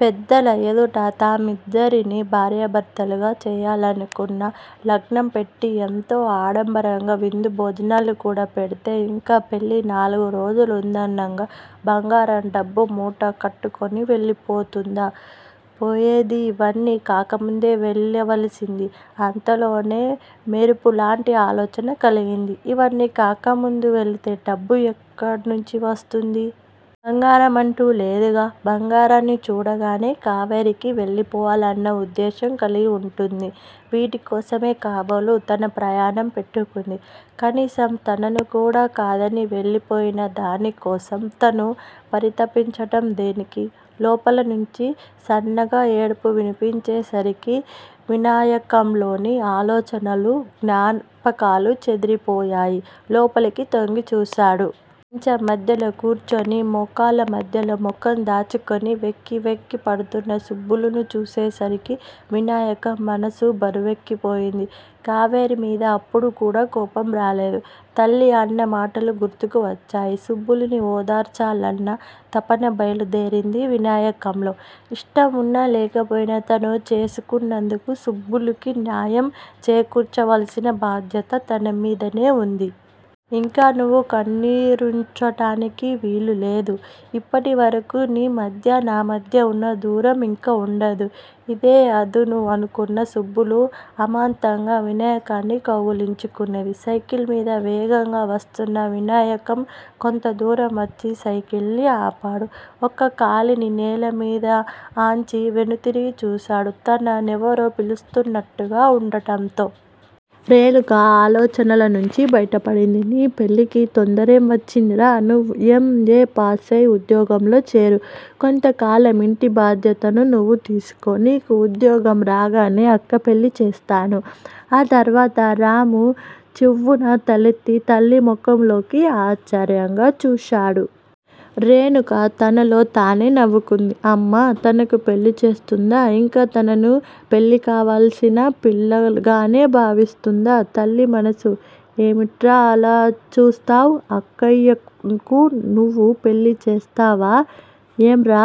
పెద్దల ఎదుట తామిద్దరినీ భార్యాభర్తలుగా చేయాలనుకున లగ్నంపెట్టి, ఎంతో ఆడంబరంగా విందు భోజనాలు కూడా పెడితే యింకా పెళ్ళి నాలుగురోజులుందనగా బంగారం డబ్బూ మూట కట్టుకుని వెళ్ళిపోతుందా? పోయేది యివన్నీ కాకముందే వెళ్ళవలసింది. అంతలోనే మెరుపులాంటి ఆలోచన కలిగింది. ఇవన్నీ కాకముందు వెళ్ళితే డబ్బు ఎక్కడనుంచి వస్తుంది? బంగారం అంటూ లేదుగా? బంగారాన్ని చూడగానే కావేరీకి వెళ్ళిపోవాలన్న ఉద్దేశ్యం కలిగి వుంటుంది. వీటికోసమే కాబోలు తన ప్రయాణం పెట్టుకుంది. కనీసం తనను కూడా కాదని వెళ్ళిపోయినా దానికోసం తను పరితపించటం దేనికి? లోపలనుంచి సన్నగా ఏడుపు వినిపించేసరికి వినాయకంలోని ఆలోచనలు జ్ఞాపకాలు చెదిరిపోయాయి. లోపలికి తొంగిచూశాడు. మంచం మధ్యలో కూర్చుని మోకాళ్ళ మధ్యలో ముఖం దాచుకుని వెక్కి వెక్కి పడుతున్న సుబ్బులుని చూసేసరికి వినాయకం మనసు బరువెక్కిపోయింది. కావేరీమీద అప్పుడు కూడా కోపం రాలేదు! తల్లి అన్న మాటలు గుర్తుకు వచ్చాయి సుబ్బులుని ఓదార్చాలన్న తపన బయలుదేరింది వినాయకంలో! ఇష్టం వున్నా లేకపోయినా తను చేసుకున్నందుకు సుబ్బులుకి న్యాయం చేకూర్చవలసిన బాధ్యత తనమీదనే వుంది! ఇంకా నువ్వు కన్నీరుంచటానికి వీలులేదు! యిప్పటి వరకూ నీ మధ్యా నా మధ్యా వున్న దూరం యింక వుండదు! ఇదే అదను అనుకున్న సుబ్బులు అమాంతంగా వినాయకాన్ని కౌగిలించుకున్నది! సైకిల్ మీద వేగంగా వస్తున్న వినాయకం కొంతదూరం వచ్చి సైకిల్ ని ఆపాడు. ఒక కాలిని నేలమీద ఆన్చి వెనుతిరిగి చూశాడు, తన నెవరో పిలుస్తున్నట్టు వుండటంతో! రేణుక ఆలోచనల నుంచి బయటపడింది. నీ పెళ్ళికి తొందరేం వచ్చిందిరా! నువ్వు ఎం. ఏ. పాసయి ఉద్యోగంలో చేరు. కొంతకాలం ఇంటి బాధ్యత నువ్వు తీసుకో. నీకు ఉద్యోగం రాగానే అక్క పెళ్లి చేస్తాను. ఆ తర్వాత రాము చివ్వున తలెత్తి తల్లి ముఖంలోకి ఆశ్చర్యంగా చూశాడు. రేణుక తనలో తానే నవ్వుకుంది. అమ్మ తనకు పెళ్ళి చేస్తుందా? ఇంకా తనను పెళ్ళికావాల్సిన పిల్లగానే భావిస్తుందా? తల్లి మనసు! ఏమిట్రా అలా చూస్తావ్? అక్కయ్యకు నువ్వు పెళ్ళి చేస్తావా? ఏంరా!